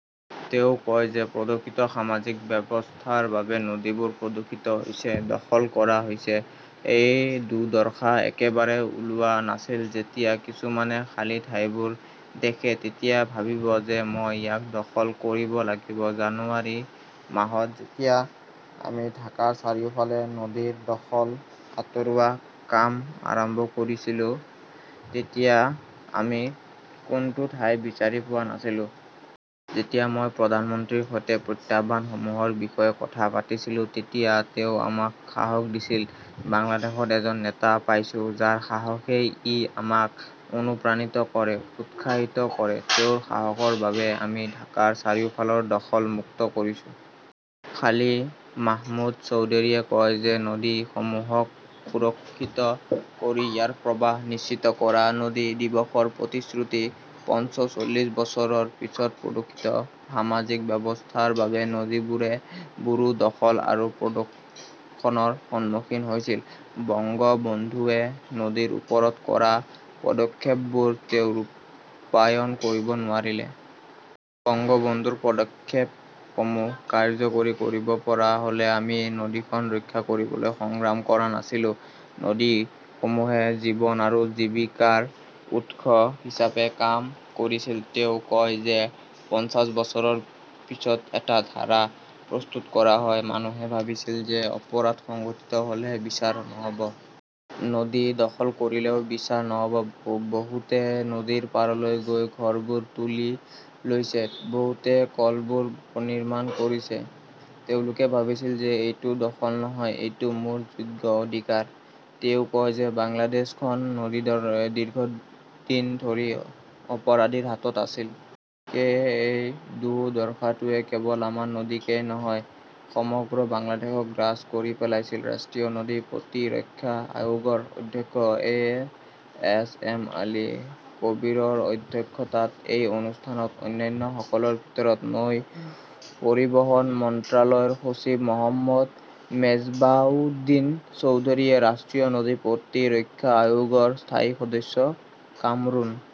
তেওঁ কয় যে প্ৰদূষিত সামাজিক ব্যৱস্থাৰ বাবে নদীবোৰ প্ৰদূষিত হৈছে, দখল কৰা হৈছে। এই দুৰ্দশা একেবাৰে ওলোৱা নাছিলে, যেতিয়া কিছুমানে খালী ঠাইবোৰ দেখে তেতিয়া ভাবিব যে মই ইয়াক দখল কৰিব লাগিব। জানুৱাৰী মাহত যেতিয়া আমি ঢাকাৰ চাৰিওফালে নদীৰ দখল আঁতৰোৱা কাম আৰম্ভ কৰিছিলো তেতিয়া আমি কোনটো ঠাই বিচাৰি পোৱা নাছিলো। যেতিয়া মই প্ৰধানমন্ত্ৰীৰ সৈতে প্ৰত্যাহ্বানসমূহৰ বিষয়ে কথা পাতিছিলোঁ, তেতিয়া তেওঁ আমাক সাহস দিছিল। বাংলাদেশত এজন নেতা পাইছো যাৰ সাহসেই ই আমাক অনুপ্ৰাণিত কৰে, উৎসাহিত কৰে। তেওঁৰ সাহসৰ বাবেই আমি ঢাকাৰ চাৰিওফালৰ দখল মুক্ত কৰিছো। খালিদ মাহমুদ চৌধুৰীয়ে কয় যে নদীসমূহক সুৰক্ষিত কৰি ইয়াৰ প্ৰবাহ নিশ্চিত কৰা-নদী দিৱসৰ প্ৰতিশ্ৰুতি। পঞ্চচল্লিশ বছৰৰ পিছত প্ৰদূষিত সামাজিক ব্যৱস্থাৰ বাবে নদীবোৰো দখল আৰু প্ৰদূষণৰ সন্মুখীন হৈছিল। বংগবন্ধুৱে নদীৰ ওপৰত কৰা পদক্ষেপবোৰ তেওঁ ৰূপায়ণ কৰিব নোৱাৰিলে। বংগবন্ধুৰ পদক্ষেপসমূহ কাৰ্যকৰী কৰিব পৰা হ'লে আমি নদীখন ৰক্ষা কৰিবলৈ সংগ্ৰাম কৰা নাছিলো। নদীসমূহে জীৱন আৰু জীৱিকাৰ উৎস হিচাপে কাম কৰিছিল। তেওঁ কয় যে পঞ্চাশ বছৰৰ পিছত এটা ধাৰা প্ৰস্তুত কৰা হয়, মানুহে ভাবিছিল যে অপৰাধ সংঘটিত হ'লে বিচাৰ নহব। নদী দখল কৰিলেও বিচাৰ নহব। বহুতে নদীৰ পাৰলৈ গৈ ঘৰবোৰ তুলি লৈছে, বহুতে কলবোৰ নিৰ্মাণ কৰিছে। তেওঁলোকে ভাবিছিল যে এইটো দখল নহয়, এইটো মোৰ যোগ্য অধিকাৰ। তেওঁ কয় যে বাংলাদেশ খন দীৰ্ঘদিন ধৰি অপৰাধীৰ হাতত আছিল। সেয়েহে, এই দুৰ্দশাটোৱে কেৱল আমাৰ নদীকেই নহয়, সমগ্ৰ বাংলাদেশক গ্ৰাস কৰি পেলাইছিল । ৰাষ্ট্ৰীয় নদী প্ৰতিৰক্ষা আয়োগৰ অধ্যক্ষ এ. এছ. এম. আলী কবীৰৰ অধ্যক্ষতাত এই অনুষ্ঠানত অন্যান্যসকলৰ ভিতৰত নৌ পৰিবহণ মন্ত্ৰালয়ৰ সচিব মহম্মদ মেজবাহউদ্দিন চৌধুৰী, ৰাষ্ট্ৰীয় নদী প্ৰতিৰক্ষা আয়োগৰ স্থায়ী সদস্য কামৰুন